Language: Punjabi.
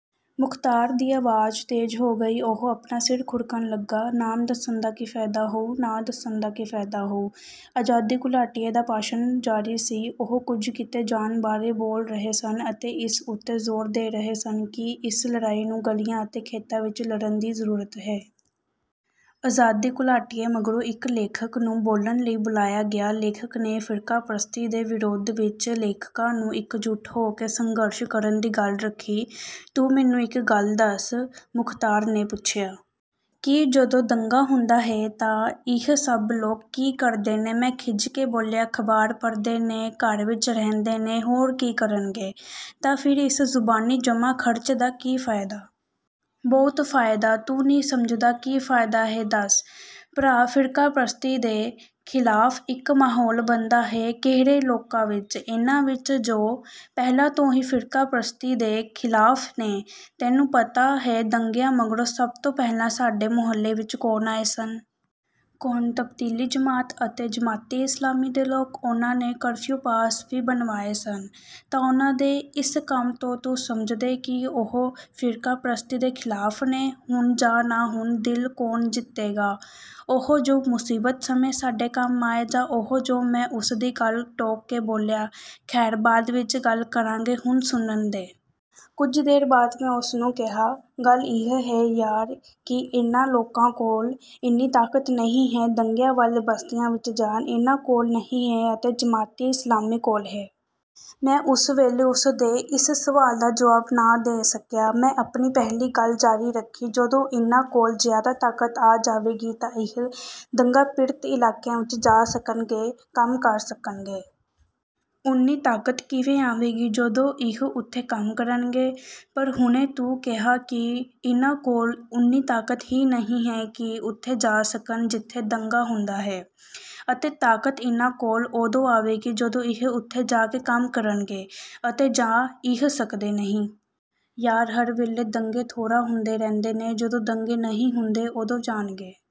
ਮੁਖ਼ਤਾਰ ਦੀ ਆਵਾਜ਼ ਤੇਜ਼ ਹੋ ਗਈ। ਉਹ ਆਪਣਾ ਸਿਰ ਖੁਰਕਣ ਲੱਗਾ, "ਨਾਮ ਦੱਸਣ ਦਾ ਕੀ ਫ਼ਾਇਦਾ ਹੋਊ?" "ਨਾ ਦੱਸਣ ਦਾ ਕੀ ਫ਼ਾਇਦਾ ਹੋਊ?" ਆਜ਼ਾਦੀ ਘੁਲਾਟੀਏ ਦਾ ਭਾਸ਼ਣ ਜਾਰੀ ਸੀ। ਉਹ ਕੁਝ ਕੀਤੇ ਜਾਣ ਬਾਰੇ ਬੋਲ ਰਹੇ ਸਨ ਅਤੇ ਇਸ ਉੱਤੇ ਜ਼ੋਰ ਦੇ ਰਹੇ ਸਨ ਕਿ ਇਸ ਲੜਾਈ ਨੂੰ ਗਲੀਆਂ ਅਤੇ ਖੇਤਾਂ ਵਿੱਚ ਲੜਨ ਦੀ ਜ਼ਰੂਰਤ ਹੈ। ਆਜ਼ਾਦੀ ਘੁਲਾਟੀਏ ਮਗਰੋਂ ਇੱਕ ਲੇਖਕ ਨੂੰ ਬੋਲਣ ਲਈ ਬੁਲਾਇਆ ਗਿਆ। ਲੇਖਕ ਨੇ ਫ਼ਿਰਕਾਪ੍ਰਸਤੀ ਦੇ ਵਿਰੋਧ ਵਿੱਚ ਲੇਖਕਾਂ ਨੂੰ ਇੱਕਜੁਟ ਹੋ ਕੇ ਸੰਘਰਸ਼ ਕਰਨ ਦੀ ਗੱਲ ਰੱਖੀ। "ਤੂੰ ਮੈਨੂੰ ਇੱਕ ਗੱਲ ਦੱਸ," ਮੁਖ਼ਤਾਰ ਨੇ ਪੁੱਛਿਆ। "ਕੀ?" "ਜਦੋਂ ਦੰਗਾ ਹੁੰਦਾ ਹੈ ਤਾਂ ਇਹ ਸਭ ਲੋਕ ਕੀ ਕਰਦੇ ਨੇ?" ਮੈਂ ਖਿੱਝ ਕੇ ਬੋਲਿਆ, "ਅਖ਼ਬਾਰ ਪੜ੍ਹਦੇ ਨੇ, ਘਰ ਵਿੱਚ ਰਹਿੰਦੇ ਨੇ, ਹੋਰ ਕੀ ਕਰਨਗੇ?" "ਤਾਂ ਫਿਰ ਇਸ ਜ਼ੁਬਾਨੀ ਜਮ੍ਹਾਂ-ਖ਼ਰਚ ਦਾ ਕੀ ਫ਼ਾਇਦਾ?" "ਬਹੁਤ ਫ਼ਾਇਦਾ, ਤੂੰ ਨਹੀਂ ਸਮਝਦਾ।" "ਕੀ ਫ਼ਾਇਦਾ ਹੈ, ਦੱਸ?" "ਭਰਾ, ਫ਼ਿਰਕਾਪ੍ਰਸਤੀ ਦੇ ਖ਼ਿਲਾਫ਼ ਇੱਕ ਮਾਹੌਲ ਬਣਦਾ ਹੈ।" "ਕਿਹੜੇ ਲੋਕਾਂ ਵਿੱਚ? ਇਹਨਾਂ ਵਿੱਚ, ਜੋ ਪਹਿਲਾਂ ਤੋਂ ਹੀ ਫ਼ਿਰਕਾਪ੍ਰਸਤੀ ਦੇ ਖ਼ਿਲਾਫ਼ ਨੇ? ਤੈਨੂੰ ਪਤਾ ਹੈ ਦੰਗਿਆਂ ਮਗਰੋਂ ਸਭ ਤੋਂ ਪਹਿਲਾਂ ਸਾਡੇ ਮੁਹੱਲੇ ਵਿੱਚ ਕੌਣ ਆਏ ਸਨ?" "ਕੌਣ?" "ਤਬਲੀਗੀ ਜਮਾਤ ਅਤੇ ਜਮਾਤ-ਏ-ਇਸਲਾਮੀ ਦੇ ਲੋਕ! ਉਹਨਾਂ ਨੇ ਕਰਫ਼ਿਊ ਪਾਸ ਵੀ ਬਣਵਾਏ ਸਨ।" "ਤਾਂ ਉਹਨਾਂ ਦੇ ਇਸ ਕੰਮ ਤੋਂ ਤੂੰ ਸਮਝਦੈਂ ਕਿ ਉਹ ਫ਼ਿਰਕਾਪ੍ਰਸਤੀ ਦੇ ਖ਼ਿਲਾਫ਼ ਨੇ?" "ਹੋਣ ਜਾਂ ਨਾ ਹੋਣ, ਦਿਲ ਕੌਣ ਜਿੱਤੇਗਾ—ਉਹ ਜੋ ਮੁਸੀਬਤ ਸਮੇਂ ਸਾਡੇ ਕੰਮ ਆਏ ਜਾਂ ਉਹ ਜੋ—" ਮੈਂ ਉਸ ਦੀ ਗੱਲ ਟੋਕ ਕੇ ਬੋਲਿਆ, "ਖ਼ੈਰ, ਬਾਅਦ ਵਿੱਚ ਗੱਲ ਕਰਾਂਗੇ, ਹੁਣ ਸੁਣਨ ਦੇ।" ਕੁਝ ਦੇਰ ਬਾਅਦ ਮੈਂ ਉਸ ਨੂੰ ਕਿਹਾ, "ਗੱਲ ਇਹ ਹੈ ਯਾਰ ਕਿ ਇਹਨਾਂ ਲੋਕਾਂ ਕੋਲ਼ ਇੰਨੀ ਤਾਕਤ ਨਹੀਂ ਹੈ ਦੰਗਿਆਂ ਵੇਲੇ ਬਸਤੀਆਂ ਵਿੱਚ ਜਾਣ।" "ਇਹਨਾਂ ਕੋਲ਼ ਨਹੀਂ ਹੈ ਅਤੇ ਜਮਾਤ-ਏ-ਇਸਲਾਮੀ ਕੋਲ਼ ਹੈ?" ਮੈਂ ਉਸ ਵੇਲੇ ਉਸ ਦੇ ਇਸ ਸਵਾਲ ਦਾ ਜਵਾਬ ਨਾ ਦੇ ਸਕਿਆ। ਮੈਂ ਆਪਣੀ ਪਹਿਲੀ ਗੱਲ ਜਾਰੀ ਰੱਖੀ, "ਜਦੋਂ ਇਹਨਾਂ ਕੋਲ਼ ਜ਼ਿਆਦਾ ਤਾਕਤ ਆ ਜਾਵੇਗੀ ਤਾਂ ਇਹ ਦੰਗਾ-ਪੀੜਤ ਇਲਾਕਿਆਂ ਵਿੱਚ ਜਾ ਸਕਣਗੇ, ਕੰਮ ਕਰ ਸਕਣਗੇ।" "ਓਨੀ ਤਾਕਤ ਕਿਵੇਂ ਆਵੇਗੀ?" "ਜਦੋਂ ਇਹ ਉੱਥੇ ਕੰਮ ਕਰਨਗੇ।" "ਪਰ ਹੁਣੇ ਤੂੰ ਕਿਹਾ ਕਿ ਇਹਨਾਂ ਕੋਲ਼ ਓਨੀ ਤਾਕਤ ਹੀ ਨਹੀਂ ਹੈ ਕਿ ਉੱਥੇ ਜਾ ਸਕਣ ਜਿੱਥੇ ਦੰਗਾ ਹੁੰਦਾ ਹੈ, ਅਤੇ ਤਾਕਤ ਇਹਨਾਂ ਕੋਲ਼ ਉਦੋਂ ਆਵੇਗੀ ਜਦੋਂ ਇਹ ਉੱਥੇ ਜਾ ਕੇ ਕੰਮ ਕਰਨਗੇ—ਅਤੇ ਜਾ ਇਹ ਸਕਦੇ ਨਹੀਂ।" "ਯਾਰ, ਹਰ ਵੇਲੇ ਦੰਗੇ ਥੋੜ੍ਹਾ ਹੁੰਦੇ ਰਹਿੰਦੇ ਨੇ! ਜਦੋਂ ਦੰਗੇ ਨਹੀਂ ਹੁੰਦੇ, ਉਦੋਂ ਜਾਣਗੇ।"